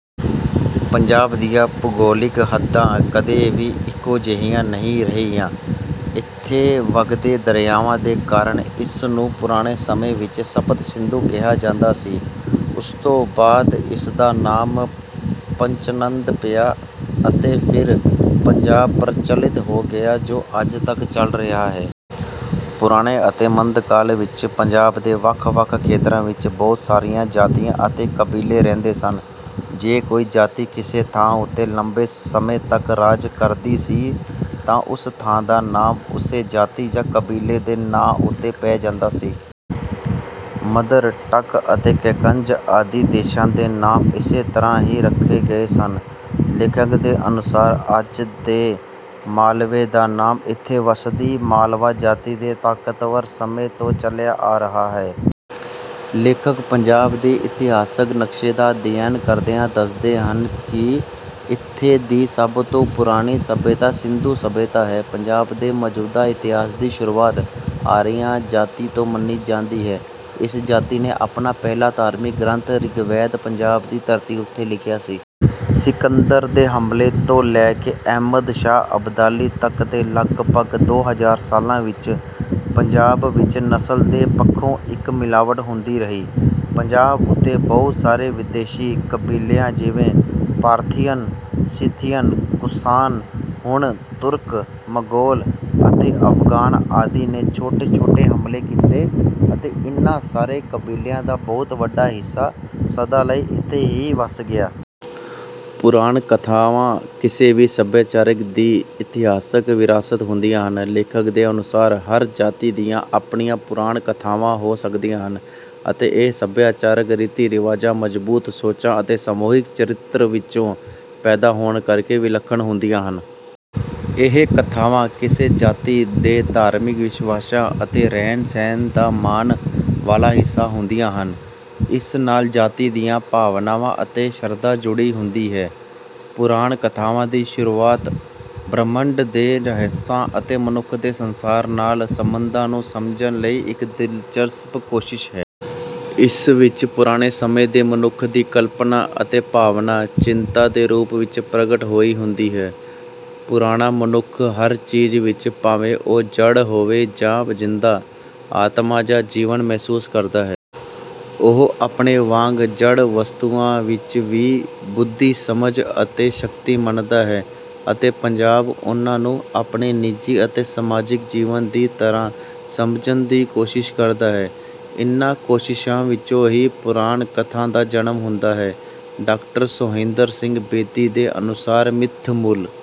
ਪੰਜਾਬ ਦੀਆਂ ਭੂਗੋਲਿਕ ਹੱਦਾਂ ਕਦੇ ਵੀ ਇੱਕੋ ਜਿਹੀਆਂ ਨਹੀਂ ਰਹੀਆਂ। ਇੱਥੇ ਵਗਦੇ ਦਰਿਆਵਾਂ ਦੇ ਕਾਰਨ ਇਸ ਨੂੰ ਪੁਰਾਣੇ ਸਮੇਂ ਵਿੱਚ ਸਪਤ ਸਿੰਧੂ ਕਿਹਾ ਜਾਂਦਾ ਸੀ, ਉਸ ਤੋਂ ਬਾਅਦ ਇਸ ਦਾ ਨਾਮ ਪੰਚਨਦ ਪਿਆ ਅਤੇ ਫਿਰ ਪੰਜਾਬ ਪ੍ਰਚਲਿਤ ਹੋ ਗਿਆ ਜੋ ਅੱਜ ਤੱਕ ਚੱਲ ਰਿਹਾ ਹੈ। ਪੁਰਾਣੇ ਅਤੇ ਮੱਧਕਾਲ ਵਿੱਚ ਪੰਜਾਬ ਦੇ ਵੱਖ-ਵੱਖ ਖੇਤਰਾਂ ਵਿੱਚ ਬਹੁਤ ਸਾਰੀਆਂ ਜਾਤੀਆਂ ਅਤੇ ਕਬੀਲੇ ਰਹਿੰਦੇ ਸਨ। ਜੇ ਕੋਈ ਜਾਤੀ ਕਿਸੇ ਥਾਂ ਉੱਤੇ ਲੰਬੇ ਸਮੇਂ ਤੱਕ ਰਾਜ ਕਰਦੀ ਸੀ ਤਾਂ ਉਸ ਥਾਂ ਦਾ ਨਾਮ ਉਸੇ ਜਾਤੀ ਜਾਂ ਕਬੀਲੇ ਦੇ ਨਾਮ ਉੱਤੇ ਪੈ ਜਾਂਦਾ ਸੀ। ਮਦਰ, ਟੱਕ ਅਤੇ ਕੇਕਯ ਆਦਿ ਦੇਸ਼ਾਂ ਦੇ ਨਾਮ ਇਸੇ ਤਰ੍ਹਾਂ ਹੀ ਰੱਖੇ ਗਏ ਸਨ। ਲੇਖਕ ਦੇ ਅਨੁਸਾਰ, ਅੱਜ ਦੇ ਮਾਲਵੇ ਦਾ ਨਾਮ ਇੱਥੇ ਵਸਦੀ ਮਾਲਵਾ ਜਾਤੀ ਦੇ ਤਾਕਤਵਰ ਸਮੇਂ ਤੋਂ ਚੱਲਿਆ ਆ ਰਿਹਾ ਹੈ। ਲੇਖਕ ਪੰਜਾਬ ਦੇ ਇਤਿਹਾਸਕ ਨਕਸ਼ੇ ਦਾ ਅਧਿਐਨ ਕਰਦਿਆਂ ਦੱਸਦੇ ਹਨ ਕਿ ਇੱਥੇ ਦੀ ਸਭ ਤੋਂ ਪੁਰਾਣੀ ਸੱਭਿਅਤਾ ਸਿੰਧੂ ਸੱਭਿਅਤਾ ਹੈ। ਪੰਜਾਬ ਦੇ ਮੌਜੂਦਾ ਇਤਿਹਾਸ ਦੀ ਸ਼ੁਰੂਆਤ ਆਰੀਆ ਜਾਤੀ ਤੋਂ ਮੰਨੀ ਜਾਂਦੀ ਹੈ। ਇਸ ਜਾਤੀ ਨੇ ਆਪਣਾ ਪਹਿਲਾ ਧਾਰਮਿਕ ਗ੍ਰੰਥ ਰਿਗਵੇਦ ਪੰਜਾਬ ਦੀ ਧਰਤੀ ਉੱਤੇ ਲਿਖਿਆ ਸੀ। ਸਿਕੰਦਰ ਦੇ ਹਮਲੇ ਤੋਂ ਲੈ ਕੇ ਅਹਿਮਦ ਸ਼ਾਹ ਅਬਦਾਲੀ ਤੱਕ ਦੇ ਲਗਭਗ ਦੋ ਹਜ਼ਾਰ ਸਾਲਾਂ ਵਿੱਚ ਪੰਜਾਬ ਵਿੱਚ ਨਸਲ ਦੇ ਪੱਖੋਂ ਇੱਕ ਮਿਲਾਵਟ ਹੁੰਦੀ ਰਹੀ। ਪੰਜਾਬ ਉੱਤੇ ਬਹੁਤ ਸਾਰੇ ਵਿਦੇਸ਼ੀ ਕਬੀਲਿਆਂ ਜਿਵੇਂ Parthian, Scythian, Kushan, Hun, Turk, Mongol ਅਤੇ ਅਫਗਾਨ ਆਦਿ ਨੇ ਛੋਟੇ-ਛੋਟੇ ਹਮਲੇ ਕੀਤੇ ਅਤੇ ਇਨ੍ਹਾਂ ਸਾਰੇ ਕਬੀਲਿਆਂ ਦਾ ਬਹੁਤ ਵੱਡਾ ਹਿੱਸਾ ਸਦਾ ਲਈ ਇੱਥੇ ਹੀ ਵਸ ਗਿਆ। ਪੁਰਾਣ ਕਥਾਵਾਂ ਕਿਸੇ ਵੀ ਸੱਭਿਆਚਾਰ ਦੀ ਇਤਿਹਾਸਕ ਵਿਰਾਸਤ ਹੁੰਦੀਆਂ ਹਨ। ਲੇਖਕ ਦੇ ਅਨੁਸਾਰ ਹਰ ਜਾਤੀ ਦੀਆਂ ਆਪਣੀਆਂ ਪੁਰਾਣ ਕਥਾਵਾਂ ਹੋ ਸਕਦੀਆਂ ਹਨ ਅਤੇ ਇਹ ਸੱਭਿਆਚਾਰਕ ਰੀਤੀ-ਰਿਵਾਜਾਂ, ਮਜ਼ਬੂਤ ਸੋਚਾਂ ਅਤੇ ਸਮੂਹਿਕ ਚਰਿੱਤਰ ਵਿੱਚੋਂ ਪੈਦਾ ਹੋਣ ਕਰਕੇ ਵਿਲੱਖਣ ਹੁੰਦੀਆਂ ਹਨ। ਇਹ ਕਥਾਵਾਂ ਕਿਸੇ ਜਾਤੀ ਦੇ ਧਾਰਮਿਕ ਵਿਸ਼ਵਾਸਾਂ ਅਤੇ ਰਹਿਣ-ਸਹਿਣ ਦਾ ਮਾਣ ਵਾਲਾ ਹਿੱਸਾ ਹੁੰਦੀਆਂ ਹਨ। ਇਸ ਨਾਲ ਜਾਤੀ ਦੀਆਂ ਭਾਵਨਾਵਾਂ ਅਤੇ ਸ਼ਰਧਾ ਜੁੜੀ ਹੁੰਦੀ ਹੈ। ਪੁਰਾਣ ਕਥਾਵਾਂ ਦੀ ਸ਼ੁਰੂਆਤ ਬ੍ਰਹਿਮੰਡ ਦੇ ਰਹੱਸਾਂ ਅਤੇ ਮਨੁੱਖ ਦੇ ਸੰਸਾਰ ਨਾਲ ਸਬੰਧਾਂ ਨੂੰ ਸਮਝਣ ਲਈ ਇੱਕ ਦਿਲਚਸਪ ਕੋਸ਼ਿਸ਼ ਹੈ। ਇਸ ਵਿੱਚ ਪੁਰਾਣੇ ਸਮੇਂ ਦੇ ਮਨੁੱਖ ਦੀ ਕਲਪਨਾ ਅਤੇ ਭਾਵਨਾ, ਚਿੰਨ੍ਹਾਂ ਦੇ ਰੂਪ ਵਿੱਚ ਪ੍ਰਗਟ ਹੋਈ ਹੁੰਦੀ ਹੈ। ਪੁਰਾਣਾ ਮਨੁੱਖ ਹਰ ਚੀਜ਼ ਵਿੱਚ, ਭਾਵੇਂ ਉਹ ਜੜ੍ਹ ਹੋਵੇ ਜਾਂ ਜਿੰਦਾ, ਆਤਮਾ ਜਾਂ ਜੀਵਨ ਮਹਿਸੂਸ ਕਰਦਾ ਹੈ। ਉਹ ਆਪਣੇ ਵਾਂਗ ਜੜ੍ਹ ਵਸਤੂਆਂ ਵਿੱਚ ਵੀ ਬੁੱਧੀ, ਸਮਝ ਅਤੇ ਸ਼ਕਤੀ ਮੰਨਦਾ ਹੈ ਅਤੇ ਪੰਜਾਬ ਉਨ੍ਹਾਂ ਨੂੰ ਆਪਣੇ ਨਿੱਜੀ ਅਤੇ ਸਮਾਜਿਕ ਜੀਵਨ ਦੀ ਤਰ੍ਹਾਂ ਸਮਝਣ ਦੀ ਕੋਸ਼ਿਸ਼ ਕਰਦਾ ਹੈ। ਇਨ੍ਹਾਂ ਕੋਸ਼ਿਸ਼ਾਂ ਵਿੱਚੋਂ ਹੀ ਪੁਰਾਣ ਕਥਾ ਦਾ ਜਨਮ ਹੁੰਦਾ ਹੈ। ਡਾਕਟਰ ਸੋਹਿੰਦਰ ਸਿੰਘ ਬੇਦੀ ਦੇ ਅਨੁਸਾਰ ਮਿੱਥ ਮੂਲ